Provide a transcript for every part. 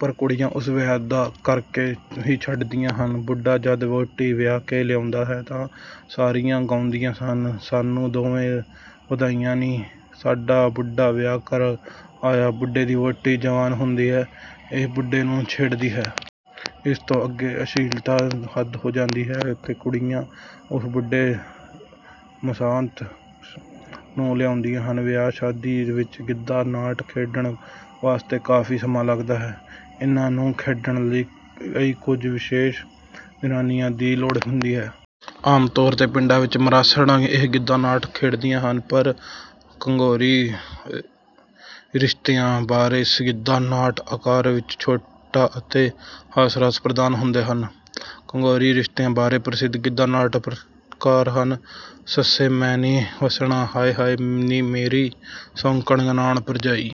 ਪਰ ਕੁੜੀਆਂ ਉਸ ਦਾ ਵਿਆਹ ਕਰ ਕੇ ਹੀ ਛੱਡਦੀਆਂ ਹਨ। ਬੁੱਢਾ ਜਦ ਵਹੁਟੀ ਵਿਆਹ ਕੇ ਲਿਆਉਂਦਾ ਹੈ ਤਾਂ ਸਾਰੀਆਂ ਗਾਉਂਦੀਆਂ ਹਨ: ਸਾਨੂੰ ਦੇਵੋ ਵਧਾਈਆਂ ਨੀ, ਸਾਡਾ ਬੁੱਢਾ ਵਿਆਹ ਘਰ ਆਇਆ। ਬੁੱਢੇ ਦੀ ਵਹੁਟੀ ਜਵਾਨ ਹੁੰਦੀ ਹੈ, ਉਹ ਬੁੱਢੇ ਨੂੰ ਛੇੜਦੀ ਹੈ। ਇਸ ਤੋਂ ਅੱਗੇ ਅਸ਼ਲੀਲਤਾ ਹੱਦ ਹੋ ਜਾਂਦੀ ਹੈ ਤੇ ਕੁੜੀਆਂ ਉਸ ਬੁੱਢੇ ਸ਼ਾਮਤ ਲੈ ਆਉਂਦੀਆਂ ਹਨ। ਵਿਆਹ ਸ਼ਾਦੀਆਂ ਵਿੱਚ ਗਿੱਧਾ ਨਾਟ ਖੇਡਣ ਵਾਸਤੇ ਕਾਫ਼ੀ ਸਮਾਂ ਲੱਗਦਾ ਹੈ। ਇਨ੍ਹਾਂ ਨੂੰ ਖੇਡਣ ਲਈ ਕਈ ਕੁੱਝ ਵਿਸ਼ੇਸ਼ ਜ਼ਨਾਨੀਆਂ ਦੀ ਲੋੜ ਹੁੰਦੀ ਹੈ। ਆਮ ਤੌਰ ਤੇ ਪਿੰਡਾਂ ਵਿੱਚ ਮਰਾਸਣਾਂ ਇਹ ਗਿੱਧਾ ਨਾਟ ਖੇਡਦੀਆਂ ਹਨ। ਪਰ ਘਰੋਗੀ ਰਿਸ਼ਤਿਆਂ ਬਾਰੇ ਗਿੱਧਾ ਨਾਟ ਆਕਾਰ ਵਿੱਚ ਛੋਟੇ ਅਤੇ ਹਾਸ-ਰਸ ਪ੍ਰਧਾਨ ਹੁੰਦੇ ਹਨ। ਘਰੋਗੀ ਰਿਸ਼ਤਿਆਂ ਬਾਰੇ ਪ੍ਰਸਿੱਧ ਗਿੱਧਾ ਨਾਟ ਇਸ ਪ੍ਰਕਾਰ ਹਨ: ਸੱਸੇ ਮੈਂ ਨਹੀਂ ਵੱਸਣਾ, ਹਾਏ ਹਾਏ ਨੀ ਮੇਰੀ ਸੌਂਕਣ, ਨਨਾਣ ਭਰਜਾਈ।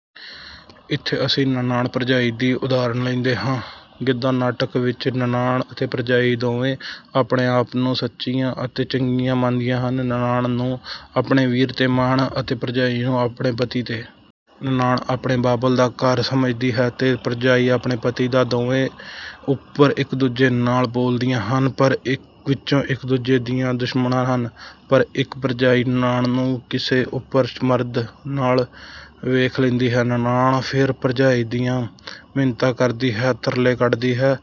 ਇੱਥੋਂ ਅਸੀਂ ਨਨਾਣ ਭਰਜਾਈ ਦੀ ਉਦਾਹਰਨ ਲੈਂਦੇ ਹਾਂ। ਗਿੱਧਾ ਨਾਟਕ ਵਿੱਚ ਨਨਾਣ ਅਤੇ ਭਰਜਾਈ ਦੋਵੇਂ ਆਪਣੇ ਆਪ ਨੂੰ ਸੱਚੀਆਂ ਅਤੇ ਚੰਗੀਆਂ ਮੰਨਦੀਆਂ ਹਨ। ਨਨਾਣ ਨੂੰ ਆਪਣੇ ਵੀਰ ਤੇ ਮਾਣ ਅਤੇ ਭਰਜਾਈ ਨੂੰ ਆਪਣੇ ਪਤੀ ਤੇ। ਨਨਾਣ ਆਪਣੇ ਬਾਬਲ ਦਾ ਘਰ ਸਮਝਦੀ ਹੈ ਤੇ ਭਰਜਾਈ ਆਪਣੇ ਪਤੀ ਦਾ। ਦੋਵੇਂ ਉੱਪਰੋਂ ਇੱਕ ਦੂਜੇ ਨਾਲ ਬੋਲਦੀਆਂ ਹਨ ਪਰ ਵਿੱਚੋਂ ਇੱਕ ਦੂਜੇ ਦੀਆਂ ਦੁਸ਼ਮਣਾਂ ਹਨ। ਪਰ ਇੱਕ ਭਰਜਾਈ ਨਨਾਣ ਨੂੰ ਕਿਸੇ ਓਪਰੇ ਮਰਦ ਨਾਲ ਵੇਖ ਲੈਂਦੀ ਹੈ, ਨਨਾਣ ਫਿਰ ਭਰਜਾਈ ਦੀਆਂ ਮਿੰਨਤਾਂ ਕਰਦੀ ਹੈ, ਤਰਲੇ ਕਰਦੀ ਹੈ: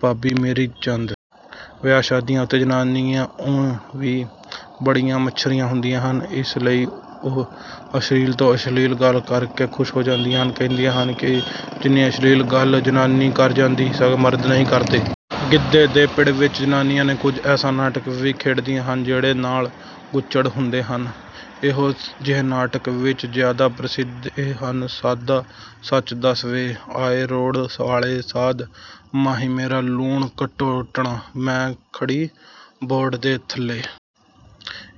ਭਾਬੀ ਮੇਰੀ ਚੰਦ ਵਰਗੀ, ਮੈਨੂੰ ਵੇਖ ਕੇ ਰੱਜ ਨੀ ਆਵੇ। ਵਿਆਹ ਸ਼ਾਦੀਆਂ ਉੱਤੇ ਜ਼ਨਾਨੀਆਂ ਉਂਞ ਵੀ ਬੜੀਆਂ ਮੱਛਰੀਆਂ ਹੁੰਦੀਆਂ ਹਨ। ਇਸ ਲਈ ਉਹ ਅਸ਼ਲੀਲ ਤੋਂ ਅਸ਼ਲੀਲ ਗੱਲ ਕਰ ਕੇ ਖ਼ੁਸ਼ ਹੁੰਦੀਆਂ ਹਨ। ਕਹਿੰਦੇ ਹਨ ਕਿ ਜਿੰਨੀ ਅਸ਼ਲੀਲ ਗੱਲ ਜ਼ਨਾਨੀਆਂ ਕਰ ਸਕਦੀਆਂ ਹਨ, ਮਰਦ ਨਹੀਂ ਕਰ ਸਕਦੇ। ਗਿੱਧੇ ਦੇ ਪਿੜ ਵਿੱਚ ਜ਼ਨਾਨੀਆਂ ਕੁੱਝ ਐਸੇ ਨਾਟਕ ਵੀ ਖੇਡਦੀਆਂ ਹਨ ਜਿਹੜੇ ਨਾਲ ਗੜੁੱਚ ਹੁੰਦੇ ਹਨ। ਇਹੋ ਜਿਹੇ ਨਾਟਕਾਂ ਵਿੱਚ ਜ਼ਿਆਦਾ ਪ੍ਰਸਿੱਧ ਇਹ ਹਨ: ਸਾਧਾ ਸੱਚ ਦੱਸ ਵੇ, ਆਏ ਰੋੜਾਂ ਵਾਲੇ ਸਾਧ, ਮਾਹੀ ਮੇਰਾ ਲੂਣ ਘੋਟਣਾ, ਮੈਂ ਖੜੀ ਬੋਹੜ ਦੇ ਥੱਲੇ।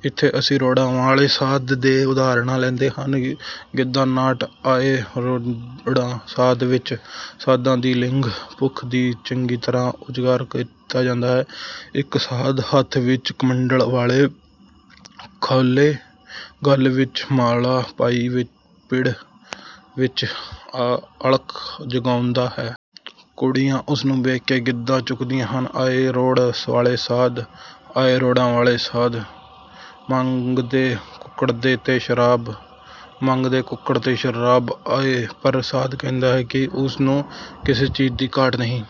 ਇੱਥੇ ਅਸੀਂ ਰੋੜਾਂ ਵਾਲੇ ਸਾਧ ਦੇ ਉਦਾਹਰਨ ਲੈਂਦੇ ਹਾਂ। ਗਿੱਧਾ ਨਾਟ 'ਆਏ ਰੋੜਾਂ ਸਾਧ ਵਿੱਚ' ਸਾਧਾਂ ਦੀ ਲਿੰਗ ਭੁੱਖ ਨੂੰ ਚੰਗੀ ਤਰ੍ਹਾਂ ਉਜਾਗਰ ਕੀਤਾ ਜਾਂਦਾ ਹੈ। ਇੱਕ ਸਾਧ ਹੱਥ ਵਿੱਚ ਕਮੰਡਲ, ਵਾਲ ਖੁੱਲ੍ਹੇ, ਗਲ ਵਿੱਚ ਮਾਲਾ ਪਾਈ ਪਿੜ ਵਿੱਚ ਆ ਅਲਖ ਜਗਾਉਂਦਾ ਹੈ। ਕੁੜੀਆਂ ਉਸ ਨੂੰ ਵੇਖ ਕੇ ਗਿੱਧਾ ਚੁੱਕਦੀਆਂ ਹਨ: ਆਏ ਰੋੜਾਂ ਵਾਲੇ ਸਾਧ, ਆਏ ਰੋੜਾਂ ਵਾਲੇ ਸਾਧ, ਮੰਗਦੇ ਕੁੱਕੜ ਤੇ ਸ਼ਰਾਬ, ਮੰਗਦੇ ਕੁੱਕੜ ਤੇ ਸ਼ਰਾਬ। ਪਰ ਸਾਧ ਕਹਿੰਦਾ ਹੈ ਕਿ ਉਸ ਨੂੰ ਕਿਸੇ ਚੀਜ਼ ਦੀ ਘਾਟ ਨਹੀਂ।